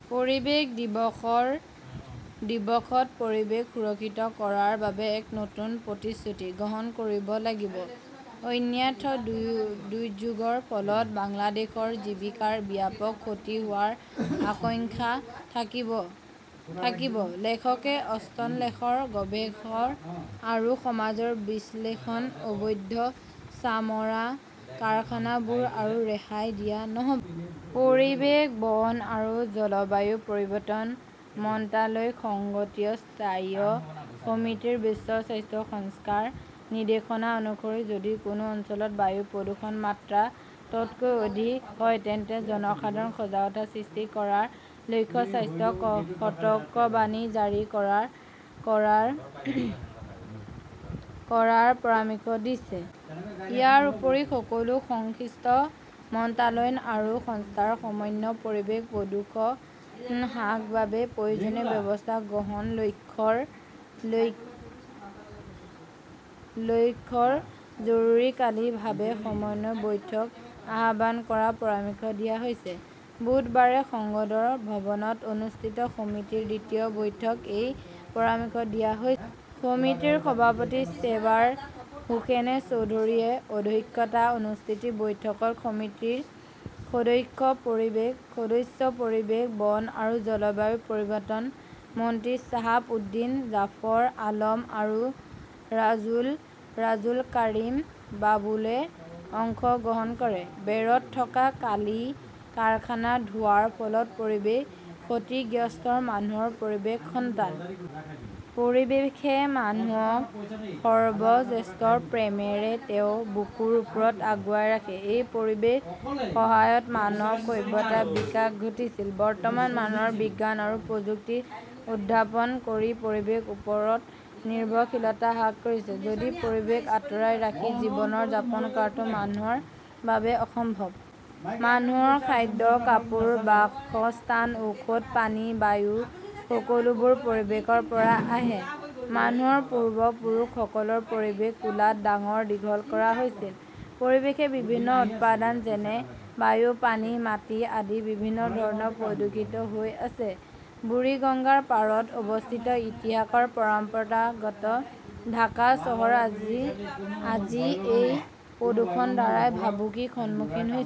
পৰিৱেশ দিৱসৰ পৰিৱেশ সুৰক্ষিত কৰাৰ বাবে এক নতুন প্ৰতিশ্ৰুতি গ্ৰহণ কৰিব লাগিব। অন্যথা দুৰ্যোগৰ ফলত বাংলাদেশৰ জীৱিকাৰ ব্যাপক ক্ষতি হোৱাৰ আশংকা থাকিব। লেখক স্তম্ভলেখক, গৱেষক আৰু সমাজ বিশ্লেষক। অবৈধ চামৰা কাৰখানাবোৰক আৰু ৰেহাই দিয়া নহ'ব। পৰিৱেশ, বন আৰু জলবায়ু পৰিৱৰ্তন মন্ত্ৰালয়ৰ সংসদীয় স্থায়ী সমিতিযৰ বিশ্ব স্বাস্থ্য সংস্থাৰ নিৰ্দেশনা অনুসৰি যদি কোনো অঞ্চলত বায়ু প্ৰদূষণৰ মাত্ৰা তকৈ অধিক হয়, তেন্তে জনসাধাৰণৰ সজাগতা সৃষ্টি কৰাৰ লক্ষ্যৰে 'স্বাস্থ্য সতৰ্কবাণী' জাৰি কৰাৰ পৰামৰ্শ দিছে। ইয়াৰ উপৰি, সকলো সংশ্লিষ্ট মন্ত্ৰালয় আৰু সংস্থাৰ সমন্বয়ে পৰিৱেশ প্ৰদূষণ হ্ৰাসৰ বাবে প্ৰয়োজনীয় ব্যৱস্থা গ্ৰহণৰ লক্ষ্যৰে জৰুৰীকালীনভাৱে সমন্বয় বৈঠক আহ্বান কৰাৰ পৰামৰ্শ দিয়া হৈছে। বুধবাৰে সংসদ ভৱনত অনুষ্ঠিত সমিতিৰ দ্বিতীয় বৈঠকত এই পৰামৰ্শ দিয়া হৈছিল। সমিতিৰ সভাপতি চেবাৰ হোসেন চৌধুৰীৰ অধ্যক্ষতাত অনুষ্ঠিত বৈঠকত সমিতিৰ সদস্য পৰিৱেশ, বন আৰু জলবায়ু পৰিৱৰ্তন মন্ত্ৰী শ্বাহাব উদ্দিন, জাফৰ আলম আৰু ৰাজৌল কাৰিম বাবলুৱে অংশগ্ৰহণ কৰে। বেৰত থকা কালি কাৰখানাৰ ধোঁৱাৰ ফলত পৰিৱেশ ক্ষতিগ্ৰস্ত মানুহ পৰিৱেশৰ সন্তান। পৰিৱেশে মানুহক সৰ্বশ্ৰেষ্ঠ প্ৰেমৰে তেওঁৰ বুকুৰ ওপৰত আগুৱাই ৰাখে। এই পৰিৱেশৰ সহায়ত মানৱ সভ্যতাৰ বিকাশ ঘটিছিল। বৰ্তমান মানুহে বিজ্ঞান আৰু প্ৰযুক্তিৰ উদ্ভাৱন কৰি পৰিৱেশৰ ওপৰত নিৰ্ভৰশীলতা হ্ৰাস কৰিছে যদিও পৰিৱেশক আঁতৰাই ৰাখি জীৱন যাপন কৰাটো মানুহৰ বাবে অসম্ভৱ। মানুহৰ খাদ্য, কাপোৰ, বাসস্থান, ঔষধ, পানী, বায়ু-সকলোবোৰ পৰিৱেশৰ পৰা আহে। মানুহৰ পূৰ্বপুৰুষসকলক পৰিৱেশৰ কোলাত ডাঙৰ-দীঘল কৰা হৈছিল। পৰিৱেশৰ বিভিন্ন উপাদান যেনে বায়ু, পানী, মাটি আদি বিভিন্ন ধৰণে প্ৰদূষিত হৈ আছে। বুৰিগঙ্গাৰ পাৰত অৱস্থিত ইতিহাস-পৰম্পৰাগত ঢাকা চহৰ আজি এই প্ৰদূষণৰ দ্বাৰা ভাবুকিৰ সন্মুখীন হৈছে।